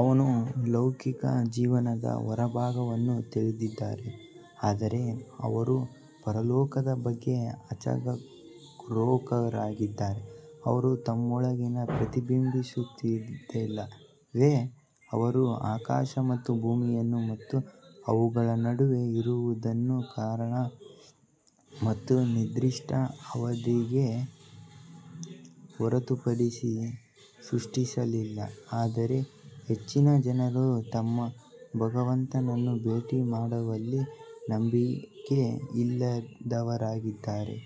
ಅವರು ಲೌಕಿಕ ಜೀವನದ ಹೊರಭಾಗವನ್ನು ತಿಳಿದಿದ್ದಾರೆ ಆದರೆ ಅವರು ಪರಲೋಕದ ಬಗ್ಗೆ ಅಜಾಗರೂಕರಾಗಿದ್ದಾರೆ ಅವರು ತಮ್ಮೊಳಗೆ ಪ್ರತಿಬಿಂಬಿಸುವುದಿಲ್ಲವೇ, ದೇವರು ಆಕಾಶ ಮತ್ತು ಭೂಮಿಯನ್ನು ಮತ್ತು ಅವುಗಳ ನಡುವೆ ಇರುವದನ್ನು ಕಾರಣ ಮತ್ತು ನಿರ್ದಿಷ್ಟ ಅವಧಿಗೆ ಹೊರತುಪಡಿಸಿ ಸೃಷ್ಟಿಸಲಿಲ್ಲ ಆದರೆ ಹೆಚ್ಚಿನ ಜನರು ತಮ್ಮ ಭಗವಂತನನ್ನು ಭೇಟಿ ಮಾಡುವಲ್ಲಿ ನಂಬಿಕೆಯಿಲ್ಲದವರಾಗಿದ್ದಾರೆ.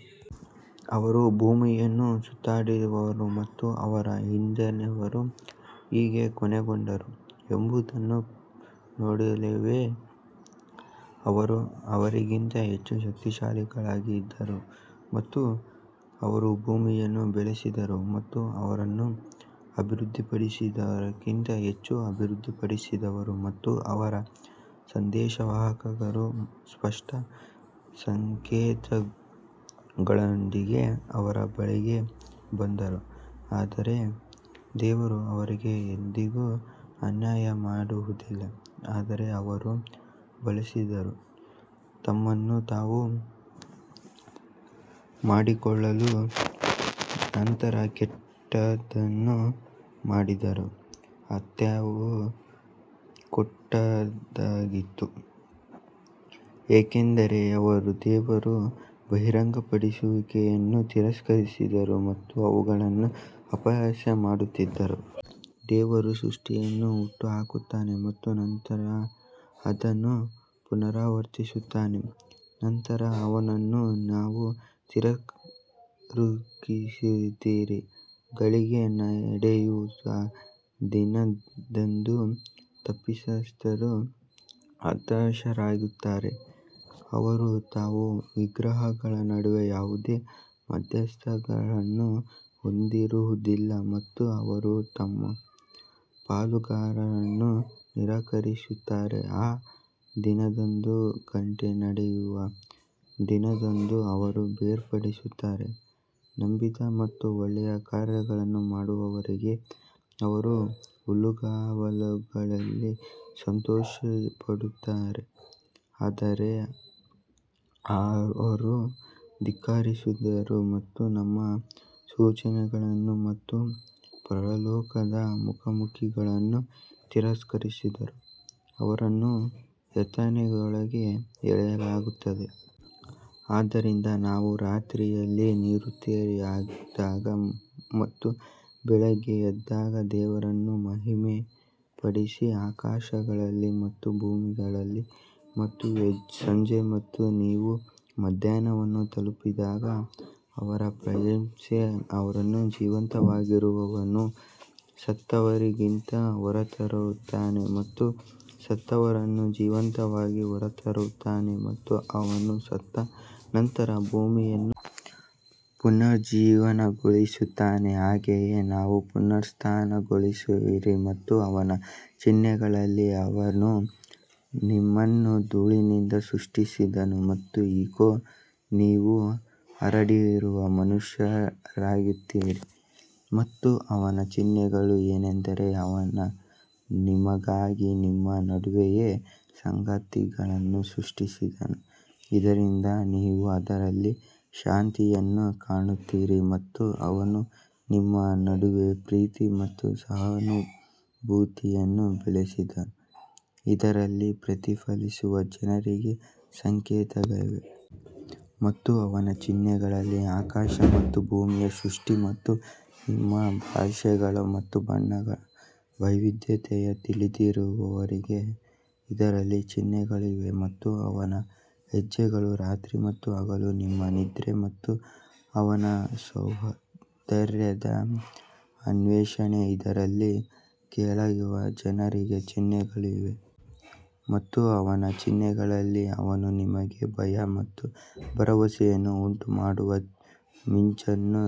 ಅವರು ಭೂಮಿಯನ್ನು ಸುತ್ತಾಡಿದರು ಮತ್ತು ಅವರ ಹಿಂದಿನವರು ಹೇಗೆ ಕೊನೆಗೊಂಡರು ಎಂಬುದನ್ನು ನೋಡಿಲ್ಲವೇ ಅವರು ಅವರಿಗಿಂತ ಹೆಚ್ಚು ಶಕ್ತಿಶಾಲಿಗಳಾಗಿದ್ದರು ಮತ್ತು ಅವರು ಭೂಮಿಯನ್ನು ಬೆಳೆಸಿದರು ಮತ್ತು ಅದನ್ನು ಅಭಿವೃದ್ಧಿಪಡಿಸಿದಕ್ಕಿಂತ ಹೆಚ್ಚು ಅಭಿವೃದ್ಧಿಪಡಿಸಿದರು ಮತ್ತು ಅವರ ಸಂದೇಶವಾಹಕರು ಸ್ಪಷ್ಟ ಸಂಕೇತಗಳೊಂದಿಗೆ ಅವರ ಬಳಿಗೆ ಬಂದರು ಆದರೆ ದೇವರು ಅವರಿಗೆ ಎಂದಿಗೂ ಅನ್ಯಾಯ ಮಾಡುವುದಿಲ್ಲ ಆದರೆ ಅವರು ಬಳಸಿದರು ತಮ್ಮನ್ನು ತಪ್ಪು ಮಾಡಿಕೊಳ್ಳಲು ನಂತರ ಕೆಟ್ಟದ್ದನ್ನು ಮಾಡಿದವರ ಅಂತ್ಯವು ಕೆಟ್ಟದ್ದಾಗಿತ್ತು, ಏಕೆಂದರೆ ಅವರು ದೇವರ ಬಹಿರಂಗಪಡಿಸುವಿಕೆಯನ್ನು ತಿರಸ್ಕರಿಸಿದರು ಮತ್ತು ಅವುಗಳನ್ನು ಅಪಹಾಸ್ಯ ಮಾಡುತ್ತಿದ್ದರು. ದೇವರು ಸೃಷ್ಟಿಯನ್ನು ಹುಟ್ಟುಹಾಕುತ್ತಾನೆ ಮತ್ತು ನಂತರ ಅದನ್ನು ಪುನರಾವರ್ತಿಸುತ್ತಾನೆ ನಂತರ ಅವನನ್ನು ನೀವು ಹಿಂತಿರುಗಿಸುತ್ತೀರಿ ಘಳಿಗೆ ನಡೆಯುವ ದಿನದಂದು ತಪ್ಪಿತಸ್ಥರು ಹತಾಶರಾಗುತ್ತಾರೆ ಅವರು ತಮ್ಮ ವಿಗ್ರಹಗಳ ನಡುವೆ ಯಾವುದೇ ಮಧ್ಯಸ್ಥಗಾರರನ್ನು ಹೊಂದಿರುವುದಿಲ್ಲ ಮತ್ತು ಅವರು ತಮ್ಮ ಪಾಲುದಾರರನ್ನು ನಿರಾಕರಿಸುತ್ತಾರೆ ಆ ದಿನದಂದು ಗಂಟೆ ನಡೆಯುವ ದಿನದಂದು ಅವರು ಬೇರ್ಪಡುತ್ತಾರೆ ನಂಬಿದ ಮತ್ತು ಒಳ್ಳೆಯ ಕಾರ್ಯಗಳನ್ನು ಮಾಡಿದವರಿಗೆ ಅವರು ಹುಲ್ಲುಗಾವಲುಗಳಲ್ಲಿ ಸಂತೋಷಪಡುತ್ತಾರೆ ಆದರೆ ಯಾರು ಧಿಕ್ಕರಿಸಿದರು ಮತ್ತು ನಮ್ಮ ಸೂಚನೆಗಳನ್ನು ಮತ್ತು ಪರಲೋಕದ ಮುಖಾಮುಖಿಗಳನ್ನು ತಿರಸ್ಕರಿಸಿದರು, ಅವರನ್ನು ಯಾತನೆಯೊಳಗೆ ಎಳೆಯಲಾಗುತ್ತದೆ. ಆದ್ದರಿಂದ ನೀವು ರಾತ್ರಿಯಲ್ಲಿ ನಿವೃತ್ತಿಯಾದಾಗ ಮತ್ತು ಬೆಳಿಗ್ಗೆ ಎದ್ದಾಗ ದೇವರನ್ನು ಮಹಿಮೆಪಡಿಸಿ ಆಕಾಶಗಳಲ್ಲಿ ಮತ್ತು ಭೂಮಿಯಲ್ಲಿ ಮತ್ತು ಸಂಜೆ ಮತ್ತು ನೀವು ಮಧ್ಯಾಹ್ನವನ್ನು ತಲುಪಿದಾಗ ಅವನ ಪ್ರಶಂಸೆ ಅವನು ಜೀವಂತವಾಗಿರುವವರನ್ನು ಸತ್ತವರಿಂದ ಹೊರತರುತ್ತಾನೆ ಮತ್ತು ಸತ್ತವರನ್ನು ಜೀವಂತವಾಗಿ ಹೊರತರುತ್ತಾನೆ ಮತ್ತು ಅವನು ಸತ್ತ ನಂತರ ಭೂಮಿಯನ್ನು ಪುನರುಜ್ಜೀವನಗೊಳಿಸುತ್ತಾನೆ ಹಾಗೆಯೇ ನೀವು ಪುನರುತ್ಥಾನಗೊಳ್ಳುವಿರಿ ಮತ್ತು ಅವನ ಚಿಹ್ನೆಗಳಲ್ಲಿ ಅವನು ನಿಮ್ಮನ್ನು ಧೂಳಿನಿಂದ ಸೃಷ್ಟಿಸಿದನು ಮತ್ತು ಇಗೋ, ನೀವು ಹರಡಿರುವ ಮನುಷ್ಯರಾಗುತ್ತೀರಿ ಮತ್ತು ಅವನ ಚಿಹ್ನೆಗಳು ಏನೆಂದರೆ, ಅವನು ನಿಮಗಾಗಿ ನಿಮ್ಮ ನಡುವೆಯೇ ಸಂಗಾತಿಗಳನ್ನು ಸೃಷ್ಟಿಸಿದನು, ಇದರಿಂದ ನೀವು ಅವರಲ್ಲಿ ಶಾಂತಿಯನ್ನು ಕಾಣುತ್ತೀರಿ ಮತ್ತು ಅವನು ನಿಮ್ಮ ನಡುವೆ ಪ್ರೀತಿ ಮತ್ತು ಸಹಾನುಭೂತಿಯನ್ನು ಬೆಳೆಸಿದನು, ಇದರಲ್ಲಿ ಪ್ರತಿಫಲಿಸುವ ಜನರಿಗೆ ಸಂಕೇತಗಳಿವೆ. ಮತ್ತು ಅವನ ಚಿಹ್ನೆಗಳಲ್ಲಿ ಆಕಾಶ ಮತ್ತು ಭೂಮಿಯ ಸೃಷ್ಟಿ ಮತ್ತು ನಿಮ್ಮ ಭಾಷೆಗಳು ಮತ್ತು ಬಣ್ಣಗಳ ವೈವಿಧ್ಯತೆಯು ತಿಳಿದಿರುವವರಿಗೆ ಇದರಲ್ಲಿ ಚಿಹ್ನೆಗಳು ಇವೆ. ಮತ್ತು ಅವನ ಚಿಹ್ನೆಗಳು ರಾತ್ರಿ ಮತ್ತು ಹಗಲು ನಿಮ್ಮ ನಿದ್ರೆ ಮತ್ತು ಅವನ ಔದಾರ್ಯದ ಅನ್ವೇಷಣೆ ಇದರಲ್ಲಿ ಕೇಳುವ ಜನರಿಗೆ ಚಿಹ್ನೆಗಳು ಇವೆ. ಮತ್ತು ಅವನ ಚಿಹ್ನೆಗಳಲ್ಲಿ ಅವನು ನಿಮಗೆ ಭಯ ಮತ್ತು ಭರವಸೆಯನ್ನು ಉಂಟುಮಾಡುವ ಮಿಂಚನ್ನು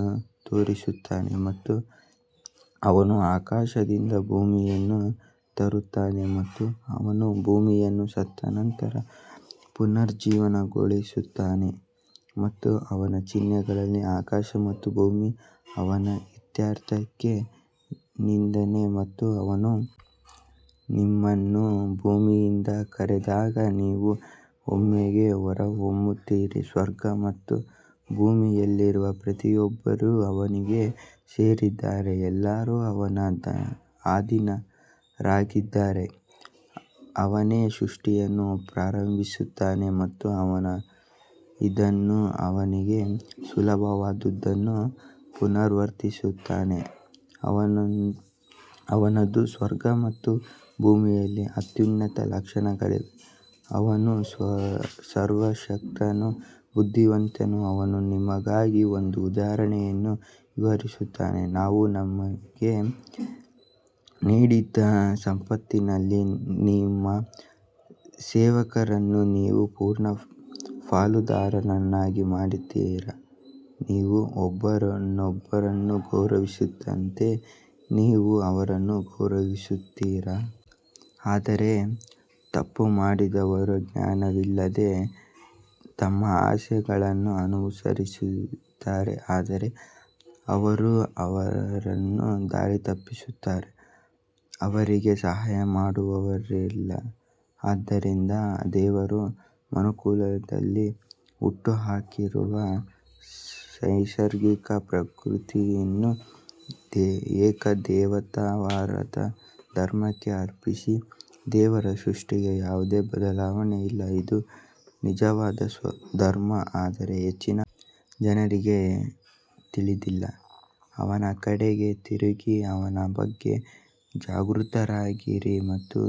ತೋರಿಸುತ್ತಾನೆ ಮತ್ತು ಅವನು ಆಕಾಶದಿಂದ ನೀರನ್ನು ತರುತ್ತಾನೆ ಮತ್ತು ಅವನು ಭೂಮಿಯನ್ನು ಸತ್ತ ನಂತರ ಪುನರುಜ್ಜೀವನಗೊಳಿಸುತ್ತಾನೆ. ಮತ್ತು ಅವನ ಚಿಹ್ನೆಗಳಲ್ಲಿ ಆಕಾಶ ಮತ್ತು ಭೂಮಿ ಅವನ ಇತ್ಯರ್ಥಕ್ಕೆ ನಿಂತಿದೆ ಮತ್ತು ಅವನು ನಿಮ್ಮನ್ನು ಭೂಮಿಯಿಂದ ಕರೆದಾಗ ನೀವು ಒಮ್ಮೆಗೇ ಹೊರಹೊಮ್ಮುತ್ತೀರಿ ಸ್ವರ್ಗ ಮತ್ತು ಭೂಮಿಯಲ್ಲಿರುವ ಪ್ರತಿಯೊಬ್ಬರೂ ಅವನಿಗೇ ಸೇರಿದ್ದಾರೆ ಎಲ್ಲರೂ ಅವನಿಗೆ ಅಧೀನರಾಗಿದ್ದಾರೆ ಅವನೇ ಸೃಷ್ಟಿಯನ್ನು ಪ್ರಾರಂಭಿಸುತ್ತಾನೆ ಮತ್ತು ನಂತರ ಅದನ್ನು ಅವನಿಗೆ ಸುಲಭವಾದದ್ದನ್ನು ಪುನರಾವರ್ತಿಸುತ್ತಾನೆ ಅವನದು ಸ್ವರ್ಗ ಮತ್ತು ಭೂಮಿಯಲ್ಲಿ ಅತ್ಯುನ್ನತ ಲಕ್ಷಣವಾಗಿದೆ ಅವನು ಸರ್ವಶಕ್ತನು ಬುದ್ಧಿವಂತನು ಅವನು ನಿಮಗಾಗಿ ಒಂದು ಉದಾಹರಣೆಯನ್ನು ವಿವರಿಸುತ್ತಾನೆ, ನಾವು ನಿಮಗೆ ನೀಡಿದ ಸಂಪತ್ತಿನಲ್ಲಿ ನಿಮ್ಮ ಸೇವಕರನ್ನು ನೀವು ಪೂರ್ಣ ಪಾಲುದಾರರನ್ನಾಗಿ ಮಾಡುತ್ತೀರಾ, ನೀವು ಒಬ್ಬರನ್ನೊಬ್ಬರು ಗೌರವಿಸಿದಂತೆ ನೀವು ಅವರನ್ನು ಗೌರವಿಸುತ್ತೀರಾ? ಆದರೆ ತಪ್ಪು ಮಾಡುವವರು ಜ್ಞಾನವಿಲ್ಲದೆ ತಮ್ಮ ಆಸೆಗಳನ್ನು ಅನುಸರಿಸುತ್ತಾರೆ ಆದರೆ ದೇವರು ಯಾರನ್ನು ದಾರಿತಪ್ಪಿಸುತ್ತಾನೆ, ಅವರಿಗೆ ಸಹಾಯ ಮಾಡುವವರಿಲ್ಲ ಆದ್ದರಿಂದ ದೇವರು ಮಾನವಕುಲದಲ್ಲಿ ಹುಟ್ಟುಹಾಕಿರುವ ನೈಸರ್ಗಿಕ ಪ್ರವೃತ್ತಿಯನ್ನು ಏಕದೇವತಾವಾದದ ಧರ್ಮಕ್ಕೆ ಅರ್ಪಿಸಿ, ದೇವರ ಸೃಷ್ಟಿಗೆ ಯಾವುದೇ ಬದಲಾವಣೆ ಇಲ್ಲ ಇದು ನಿಜವಾದ ಧರ್ಮ ಆದರೆ ಹೆಚ್ಚಿನ ಜನರಿಗೆ ತಿಳಿದಿಲ್ಲ ಅವನ ಕಡೆಗೆ ತಿರುಗಿ ಅವನ ಬಗ್ಗೆ ಜಾಗೃತರಾಗಿರಿ ಮತ್ತು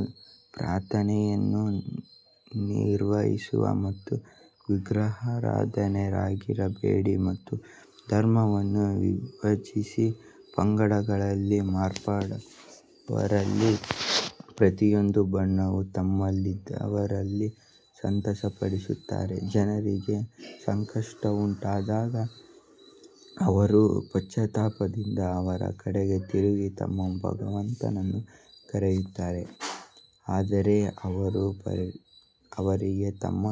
ಪ್ರಾರ್ಥನೆಯನ್ನು ನಿರ್ವಹಿಸಿ ಮತ್ತು ವಿಗ್ರಹಾರಾಧಕರಾಗಿರಬೇಡಿ ತಮ್ಮ ಧರ್ಮವನ್ನು ವಿಭಜಿಸಿ ಪಂಗಡಗಳಾಗಿ ಮಾರ್ಪಟ್ಟವರಲ್ಲಿ ಪ್ರತಿಯೊಂದು ಬಣವೂ ತಮ್ಮಲ್ಲಿರುವದರಲ್ಲಿ ಸಂತಸಪಡುತ್ತಾರೆ ಜನರಿಗೆ ಸಂಕಟವುಂಟಾದಾಗ ಅವರು ಪಶ್ಚಾತ್ತಾಪದಿಂದ ಅವನ ಕಡೆಗೆ ತಿರುಗಿ ತಮ್ಮ ಭಗವಂತನನ್ನು ಕರೆಯುತ್ತಾರೆ ಆದರೆ ಅವನು ಅವರಿಗೆ ತನ್ನ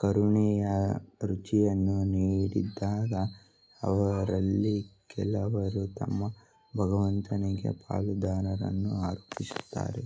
ಕರುಣೆಯ ರುಚಿಯನ್ನು ನೀಡಿದಾಗ ಅವರಲ್ಲಿ ಕೆಲವರು ತಮ್ಮ ಭಗವಂತನಿಗೆ ಪಾಲುದಾರರನ್ನು ಆರೋಪಿಸುತ್ತಾರೆ.